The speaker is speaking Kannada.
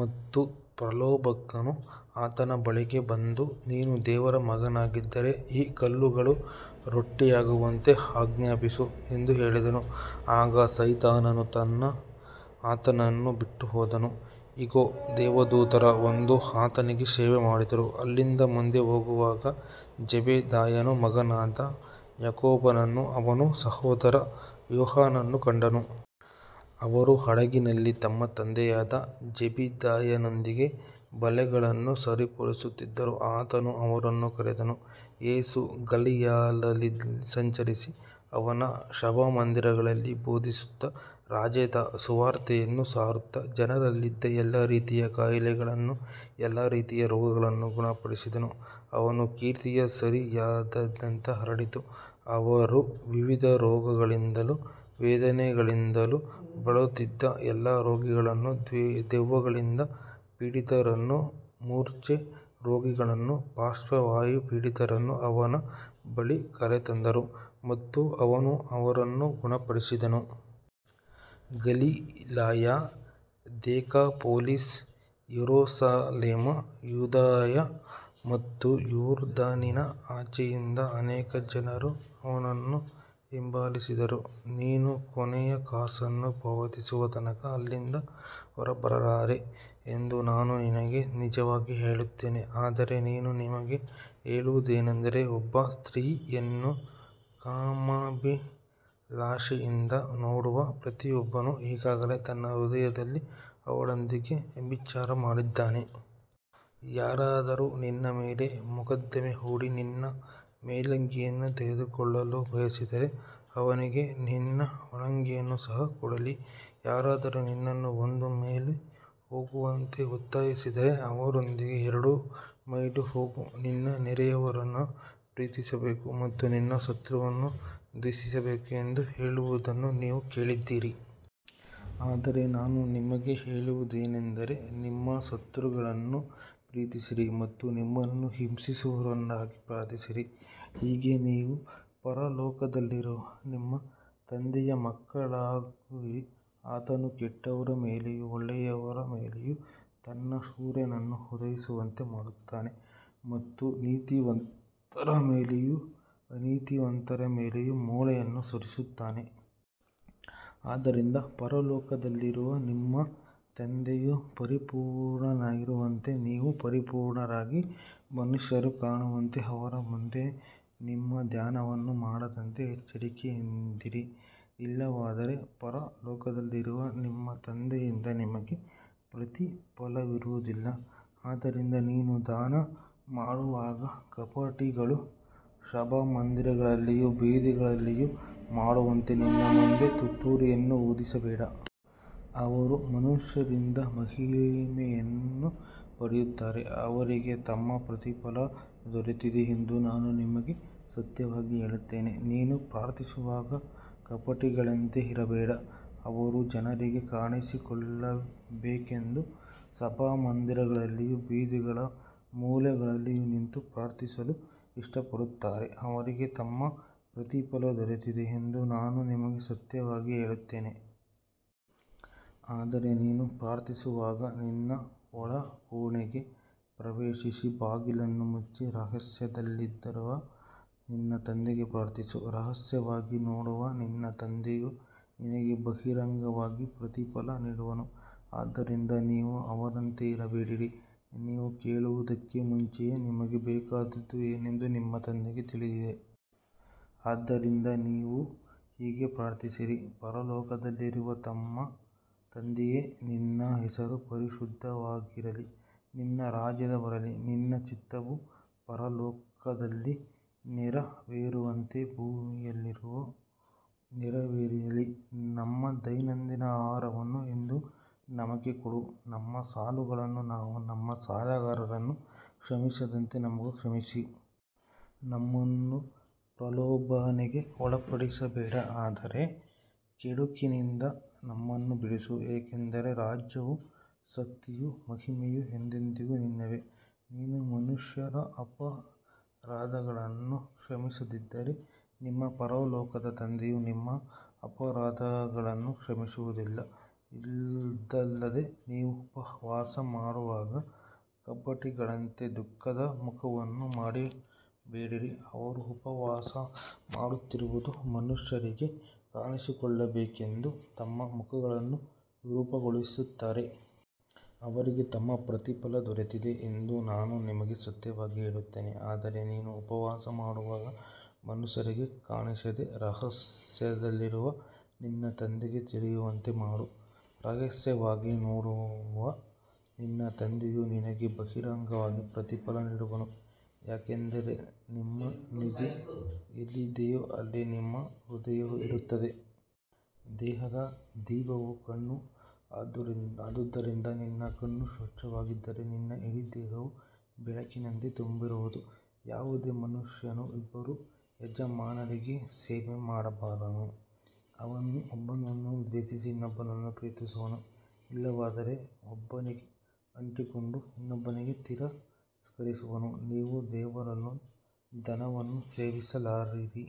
ಮತ್ತು ಪ್ರಲೋಭಕನು ಆತನ ಬಳಿಗೆ ಬಂದು, ನೀನು ದೇವರ ಮಗನಾಗಿದ್ದರೆ ಈ ಕಲ್ಲುಗಳು ರೊಟ್ಟಿಯಾಗುವಂತೆ ಆಜ್ಞಾಪಿಸು ಎಂದು ಹೇಳಿದನು. ಆಗ ಸೈತಾನನು ಆತನನ್ನು ಬಿಟ್ಟುಹೋದನು. ಇಗೋ, ದೇವದೂತರು ಬಂದು ಆತನಿಗೆ ಸೇವೆಮಾಡಿದರು. ಅಲ್ಲಿಂದ ಮುಂದೆ ಹೋಗುವಾಗ ಜೆಬೆದಾಯನ ಮಗನಾದ ಯಾಕೋಬನನ್ನೂ ಅವನ ಸಹೋದರ ಯೋಹಾನನನ್ನೂ ಕಂಡನು. ಅವರು ಹಡಗಿನಲ್ಲಿ ತಮ್ಮ ತಂದೆಯಾದ ಜೆಬೆದಾಯನೊಂದಿಗೆ ಬಲೆಗಳನ್ನು ಸರಿಪಡಿಸುತ್ತಿದ್ದರು. ಆತನು ಅವರನ್ನು ಕರೆದನು. ಯೇಸು ಗಲಿಲಾಯದಲ್ಲೆಲ್ಲಾ ಸಂಚರಿಸಿ, ಅವರ ಸಭಾಮಂದಿರಗಳಲ್ಲಿ ಬೋಧಿಸುತ್ತಾ, ರಾಜ್ಯದ ಸುವಾರ್ತೆಯನ್ನು ಸಾರುತ್ತಾ, ಜನರಲ್ಲಿದ್ದ ಎಲ್ಲಾ ರೀತಿಯ ಕಾಯಿಲೆಗಳನ್ನೂ ಎಲ್ಲಾ ರೀತಿಯ ರೋಗಗಳನ್ನೂ ಗುಣಪಡಿಸಿದನು. ಅವನ ಕೀರ್ತಿಯು ಸಿರಿಯಾದಾದ್ಯಂತ ಹರಡಿತು. ಅವರು ವಿವಿಧ ರೋಗಗಳಿಂದಲೂ ವೇದನೆಗಳಿಂದಲೂ ಬಳಲುತ್ತಿದ್ದ ಎಲ್ಲಾ ರೋಗಿಗಳನ್ನೂ, ದೆವ್ವಗಳಿಂದ ಪೀಡಿತರನ್ನೂ, ಮೂರ್ಛೆರೋಗಿಗಳನ್ನೂ, ಪಾರ್ಶ್ವವಾಯುಪೀಡಿತರನ್ನೂ ಅವನ ಬಳಿಗೆ ಕರೆತಂದರು ಮತ್ತು ಅವನು ಅವರನ್ನು ಗುಣಪಡಿಸಿದನು. ಗಲಿಲಾಯ, ದೆಕಾಪೊಲಿಸ್, ಯೆರೂಸಲೇಮು, ಯೂದಾಯ ಮತ್ತು ಯೊರ್ದಾನಿನ ಆಚೆಯಿಂದ ಅನೇಕ ಜನರು ಅವನನ್ನು ಹಿಂಬಾಲಿಸಿದರು. ನೀನು ಕೊನೆಯ ಕಾಸನ್ನು ಪಾವತಿಸುವ ತನಕ ಅಲ್ಲಿಂದ ಹೊರಬರಲಾರೆ ಎಂದು ನಾನು ನಿನಗೆ ನಿಜವಾಗಿ ಹೇಳುತ್ತೇನೆ. ಆದರೆ ನಾನು ನಿಮಗೆ ಹೇಳುವುದೇನೆಂದರೆ, ಒಬ್ಬ ಸ್ತ್ರೀಯನ್ನು ಕಾಮಾಭಿಲಾಷೆಯಿಂದ ನೋಡುವ ಪ್ರತಿಯೊಬ್ಬನು ಈಗಾಗಲೇ ತನ್ನ ಹೃದಯದಲ್ಲಿ ಅವಳೊಂದಿಗೆ ವ್ಯಭಿಚಾರ ಮಾಡಿದ್ದಾನೆ. ಯಾರಾದರೂ ನಿನ್ನ ಮೇಲೆ ಮೊಕದ್ದಮೆ ಹೂಡಿ ನಿನ್ನ ಮೇಲಂಗಿಯನ್ನು ತೆಗೆದುಕೊಳ್ಳಲು ಬಯಸಿದರೆ, ಅವನಿಗೆ ನಿನ್ನ ಒಳಂಗಿಯನ್ನೂ ಸಹ ಕೊಡಲಿ. ಯಾರಾದರೂ ನಿನ್ನನ್ನು ಒಂದು ಮೈಲು ಹೋಗುವಂತೆ ಒತ್ತಾಯಿಸಿದರೆ, ಅವನೊಂದಿಗೆ ಎರಡು ಮೈಲು ಹೋಗು. ನಿನ್ನ ನೆರೆಯವನನ್ನು ಪ್ರೀತಿಸಬೇಕು ಮತ್ತು ನಿನ್ನ ಶತ್ರುವನ್ನು ದ್ವೇಷಿಸಬೇಕು ಎಂದು ಹೇಳಿರುವುದನ್ನು ನೀವು ಕೇಳಿದ್ದೀರಿ. ಆದರೆ ನಾನು ನಿಮಗೆ ಹೇಳುವುದೇನೆಂದರೆ, ನಿಮ್ಮ ಶತ್ರುಗಳನ್ನು ಪ್ರೀತಿಸಿರಿ ಮತ್ತು ನಿಮ್ಮನ್ನು ಹಿಂಸಿಸುವವರಿಗಾಗಿ ಪ್ರಾರ್ಥಿಸಿರಿ. ಹೀಗೆ ನೀವು ಪರಲೋಕದಲ್ಲಿರುವ ನಿಮ್ಮ ತಂದೆಯ ಮಕ್ಕಳಾಗುವಿರಿ. ಆತನು ಕೆಟ್ಟವರ ಮೇಲೆಯೂ ಒಳ್ಳೆಯವರ ಮೇಲೆಯೂ ತನ್ನ ಸೂರ್ಯನನ್ನು ಉದಯಿಸುವಂತೆ ಮಾಡುತ್ತಾನೆ ಮತ್ತು ನೀತಿವಂತರ ಮೇಲೆಯೂ ಅನೀತಿವಂತರ ಮೇಲೆಯೂ ಮಳೆಯನ್ನು ಸುರಿಸುತ್ತಾನೆ. ಆದ್ದರಿಂದ ಪರಲೋಕದಲ್ಲಿರುವ ನಿಮ್ಮ ತಂದೆಯು ಪರಿಪೂರ್ಣನಾಗಿರುವಂತೆ ನೀವೂ ಪರಿಪೂರ್ಣರಾಗಿರಿ. ಮನುಷ್ಯರು ಕಾಣುವಂತೆ ಅವರ ಮುಂದೆ ನಿಮ್ಮ ದಾನವನ್ನು ಮಾಡದಂತೆ ಎಚ್ಚರಿಕೆಯಿಂದಿರಿ. ಇಲ್ಲವಾದರೆ ಪರಲೋಕದಲ್ಲಿರುವ ನಿಮ್ಮ ತಂದೆಯಿಂದ ನಿಮಗೆ ಪ್ರತಿಫಲವಿರುವುದಿಲ್ಲ. ಆದ್ದರಿಂದ ನೀನು ದಾನ ಮಾಡುವಾಗ ಕಪಟಿಗಳು ಸಭಾಮಂದಿರಗಳಲ್ಲಿಯೂ ಬೀದಿಗಳಲ್ಲಿಯೂ ಮಾಡುವಂತೆ ನಿನ್ನ ಮುಂದೆ ತುತ್ತೂರಿಯನ್ನು ಊದಿಸಬೇಡ. ಅವರು ಮನುಷ್ಯರಿಂದ ಮಹಿಮೆಯನ್ನು ಪಡೆಯುತ್ತಾರೆ. ಅವರಿಗೆ ತಮ್ಮ ಪ್ರತಿಫಲ ದೊರೆತಿದೆ ಎಂದು ನಾನು ನಿಮಗೆ ಸತ್ಯವಾಗಿ ಹೇಳುತ್ತೇನೆ. ನೀನು ಪ್ರಾರ್ಥಿಸುವಾಗ ಕಪಟಿಗಳಂತೆ ಇರಬೇಡ. ಅವರು ಜನರಿಗೆ ಕಾಣಿಸಿಕೊಳ್ಳಬೇಕೆಂದು ಸಭಾಮಂದಿರಗಳಲ್ಲಿಯೂ ಬೀದಿಗಳ ಮೂಲೆಗಳಲ್ಲಿಯೂ ನಿಂತು ಪ್ರಾರ್ಥಿಸಲು ಇಷ್ಟಪಡುತ್ತಾರೆ. ಅವರಿಗೆ ತಮ್ಮ ಪ್ರತಿಫಲ ದೊರೆತಿದೆ ಎಂದು ನಾನು ನಿಮಗೆ ಸತ್ಯವಾಗಿ ಹೇಳುತ್ತೇನೆ. ಆದರೆ ನೀನು ಪ್ರಾರ್ಥಿಸುವಾಗ ನಿನ್ನ ಒಳಕೋಣೆಗೆ ಪ್ರವೇಶಿಸಿ, ಬಾಗಿಲನ್ನು ಮುಚ್ಚಿ, ರಹಸ್ಯದಲ್ಲಿರುವ ನಿನ್ನ ತಂದೆಗೆ ಪ್ರಾರ್ಥಿಸು. ರಹಸ್ಯವಾಗಿ ನೋಡುವ ನಿನ್ನ ತಂದೆಯು ನಿನಗೆ ಬಹಿರಂಗವಾಗಿ ಪ್ರತಿಫಲ ನೀಡುವನು. ಆದ್ದರಿಂದ ನೀವು ಅವರಂತೆ ಇರಬೇಡಿರಿ. ನೀವು ಕೇಳುವುದಕ್ಕೆ ಮುಂಚೆಯೇ ನಿಮಗೆ ಬೇಕಾದದ್ದು ಏನೆಂದು ನಿಮ್ಮ ತಂದೆಗೆ ತಿಳಿದಿದೆ. ಆದ್ದರಿಂದ ನೀವು ಹೀಗೆ ಪ್ರಾರ್ಥಿಸಿರಿ, ಪರಲೋಕದಲ್ಲಿರುವ ನಮ್ಮ ತಂದೆಯೇ, ನಿನ್ನ ಹೆಸರು ಪರಿಶುದ್ಧವಾಗಿರಲಿ. ನಿನ್ನ ರಾಜ್ಯವು ಬರಲಿ. ನಿನ್ನ ಚಿತ್ತವು ಪರಲೋಕದಲ್ಲಿ ನೆರವೇರುವಂತೆ ಭೂಮಿಯಲ್ಲಿಯೂ ನೆರವೇರಲಿ. ನಮ್ಮ ದೈನಂದಿನ ಆಹಾರವನ್ನು ಇಂದು ನಮಗೆ ಕೊಡು. ನಮ್ಮ ಸಾಲಗಳನ್ನು ನಾವು ನಮ್ಮ ಸಾಲಗಾರರನ್ನು ಕ್ಷಮಿಸಿದಂತೆ ನಮಗೂ ಕ್ಷಮಿಸು. ನಮ್ಮನ್ನು ಪ್ರಲೋಭನೆಗೆ ಒಳಪಡಿಸಬೇಡ, ಆದರೆ ಕೆಡುಕಿನಿಂದ ನಮ್ಮನ್ನು ಬಿಡಿಸು. ಏಕೆಂದರೆ ರಾಜ್ಯವೂ ಶಕ್ತಿಯೂ ಮಹಿಮೆಯೂ ಎಂದೆಂದಿಗೂ ನಿನ್ನವೇ. ನೀವು ಮನುಷ್ಯರ ಅಪರಾಧಗಳನ್ನು ಕ್ಷಮಿಸದಿದ್ದರೆ, ನಿಮ್ಮ ಪರಲೋಕದ ತಂದೆಯೂ ನಿಮ್ಮ ಅಪರಾಧಗಳನ್ನು ಕ್ಷಮಿಸುವುದಿಲ್ಲ. ಇದಲ್ಲದೆ ನೀವು ಉಪವಾಸ ಮಾಡುವಾಗ ಕಪಟಿಗಳಂತೆ ದುಃಖದ ಮುಖವನ್ನು ಮಾಡಬೇಡಿರಿ. ಅವರು ಉಪವಾಸ ಮಾಡುತ್ತಿರುವುದು ಮನುಷ್ಯರಿಗೆ ಕಾಣಿಸಿಕೊಳ್ಳಬೇಕೆಂದು ತಮ್ಮ ಮುಖಗಳನ್ನು ವಿರೂಪಗೊಳಿಸುತ್ತಾರೆ. ಅವರಿಗೆ ತಮ್ಮ ಪ್ರತಿಫಲ ದೊರೆತಿದೆ ಎಂದು ನಾನು ನಿಮಗೆ ಸತ್ಯವಾಗಿ ಹೇಳುತ್ತೇನೆ. ಆದರೆ ನೀನು ಉಪವಾಸ ಮಾಡುವಾಗ ಮನುಷ್ಯರಿಗೆ ಕಾಣಿಸದೆ, ರಹಸ್ಯದಲ್ಲಿರುವ ನಿನ್ನ ತಂದೆಗೆ ತಿಳಿಯುವಂತೆ ಮಾಡು. ರಹಸ್ಯವಾಗಿ ನೋಡುವ ನಿನ್ನ ತಂದೆಯು ನಿನಗೆ ಬಹಿರಂಗವಾಗಿ ಪ್ರತಿಫಲ ನೀಡುವನು. ಯಾಕಂದರೆ ನಿಮ್ಮ ನಿಧಿ ಎಲ್ಲಿದೆಯೋ ಅಲ್ಲಿ ನಿಮ್ಮ ಹೃದಯವೂ ಇರುತ್ತದೆ. ದೇಹದ ದೀಪವು ಕಣ್ಣು. ಆದ್ದರಿಂದ ನಿನ್ನ ಕಣ್ಣು ಸ್ವಚ್ಛವಾಗಿದ್ದರೆ ನಿನ್ನ ಇಡೀ ದೇಹವು ಬೆಳಕಿನಿಂದ ತುಂಬಿರುವುದು. ಯಾವುದೇ ಮನುಷ್ಯನೂ ಇಬ್ಬರು ಯಜಮಾನರಿಗೆ ಸೇವೆಮಾಡಲಾರನು. ಅವನು ಒಬ್ಬನನ್ನು ದ್ವೇಷಿಸಿ ಇನ್ನೊಬ್ಬನನ್ನು ಪ್ರೀತಿಸುವನು, ಇಲ್ಲವಾದರೆ ಒಬ್ಬನಿಗೆ ಅಂಟಿಕೊಂಡು ಇನ್ನೊಬ್ಬನನ್ನು ತಿರಸ್ಕರಿಸುವನು. ನೀವು ದೇವರನ್ನೂ ಧನವನ್ನೂ ಸೇವಿಸಲಾರಿರಿ.